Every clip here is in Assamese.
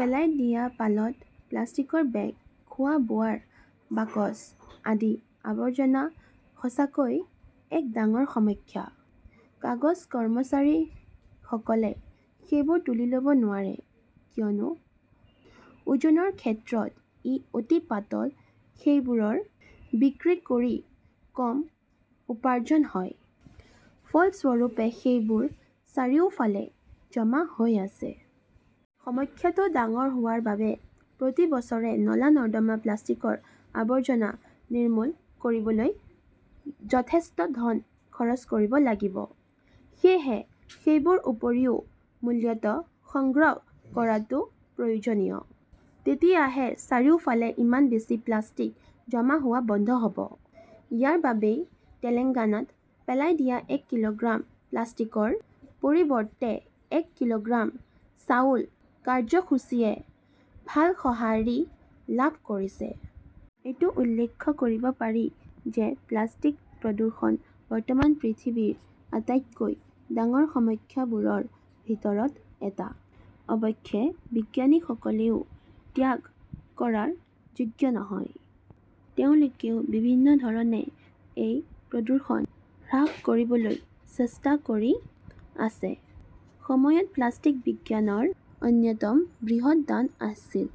পেলাই দিয়া পালত প্লাষ্টিকৰ বেগ, খোৱা-বোৱাৰ বাকচ আদি আৱৰ্জনা সঁচাকৈয়ে এক ডাঙৰ সমস্যা। কাগজ-কৰ্মচাৰীসকলে সেইবোৰ তুলি ল'ব নোৱাৰে, কিয়নো ওজনৰ ক্ষেত্ৰত ই অতি পাতল সেইবোৰৰ বিক্ৰী কৰি কম উপাৰ্জন হয়। ফলস্বৰূপে সেইবোৰ চাৰিওফালে জমা হৈ আছে। সমস্যাটো ডাঙৰ হোৱাৰ বাবে প্ৰতি বছৰে নলা-নৰ্দমা প্লাষ্টিকৰ আৱৰ্জনা নিৰ্মূল কৰিবলৈ যথেষ্ট ধন খৰচ কৰিব লাগিব, সেয়েহে সেইবোৰ উপৰিও মূল্যত' সংগ্ৰহ কৰাটো প্ৰয়োজনীয়। তেতিয়াহে চাৰিওফালে ইমান বেছি প্লাষ্টিক জমা হোৱা বন্ধ হ'ব। ইয়াৰ বাবেই তেলেংগানাত পেলাই দিয়া এক কিলোগ্ৰাম প্লাষ্টিকৰ পৰিৱৰ্তে এক কিলোগ্ৰাম চাউল কাৰ্যসূচীয়ে ভাল সঁহাৰি লাভ কৰিছে। এইটো উল্লেখ' কৰিব পাৰি যে প্লাষ্টিক প্ৰদূষণ বৰ্তমান পৃথিৱীৰ আটাইতকৈ ডাঙৰ সমস্যাবোৰৰ ভিতৰত এটা। অৱশ্যে, বিজ্ঞানীসকলেও ত্যাগ কৰাৰ যোগ্য নহয়। তেওঁলোকেও বিভিন্ন ধৰণে এই প্ৰদূষণ হ্ৰাস কৰিবলৈ চেষ্টা কৰি আছে। সময়ত প্লাষ্টিক বিজ্ঞানৰ অন্যতম বৃহৎ দান আছিল।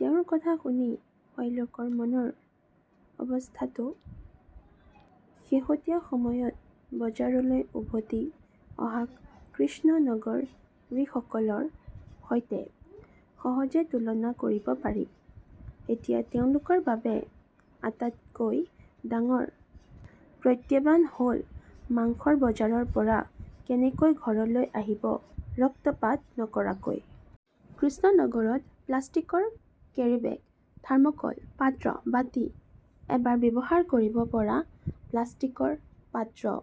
তেওঁৰ কথা শুনি শ্বাইলকৰ মনৰ অৱস্থাটো শেহতীয়া সময়ত বজাৰলৈ উভতি অহা কৃষ্ণ নগৰ ৰিকসকলৰ সৈতে সহজে তুলনা কৰিব পাৰি। এতিয়া তেওঁলোকৰ বাবে আটাইতকৈ ডাঙৰ প্ৰত্যাহ্বান হ'ল মাংসৰ বজাৰৰ পৰা কেনেকৈ ঘৰলৈ আহিব ৰক্তপাত নকৰাকৈ। কৃষ্ণনগৰত প্লাষ্টিকৰ কেৰীবেগ, থাৰ্ম কল পাত্ৰ, বাটি, এবাৰ ব্যৱহাৰ কৰিব পৰা প্লাষ্টিকৰ পাত্ৰ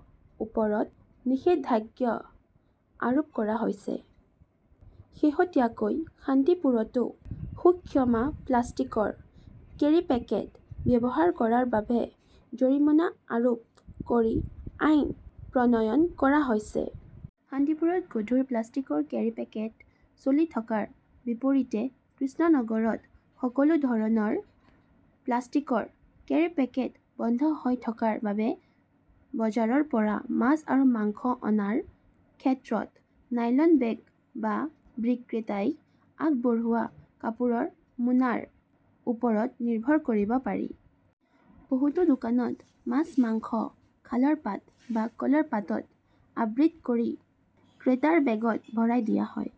ওপৰত নিষেধাজ্ঞ আৰোপ কৰা হৈছে। শেহতীয়াকৈ শান্তিপুৰতো সূকক্ষমা প্লাষ্টিকৰ কেৰিপকেট ব্যৱহাৰ কৰাৰ বাবে জৰিমনা আৰোপ কৰি আইন প্ৰণয়ন কৰা হৈছে। শান্তিপুৰত গধুৰ প্লাষ্টিকৰ কেৰিপকেট চলি থকাৰ বিপৰীতে কৃষ্ণনগৰত সকলো ধৰণৰ প্লাষ্টিকৰ কেৰিপকেট বন্ধ হৈ থকাৰ বাবে বজাৰৰ পৰা মাছ আৰু মাংস অনাৰ ক্ষেত্ৰত নাইলন বেগ বা বিক্ৰেতাই আগবঢ়োৱা কাপোৰৰ মোনাৰ ওপৰত নিৰ্ভৰ কৰিব পাৰি। বহুতো দোকানত মাছ, মাংস শালৰ পাত বা কলৰ পাতত আবৃত কৰি ক্ৰেতাৰ বেগত ভৰাই দিয়া হয়।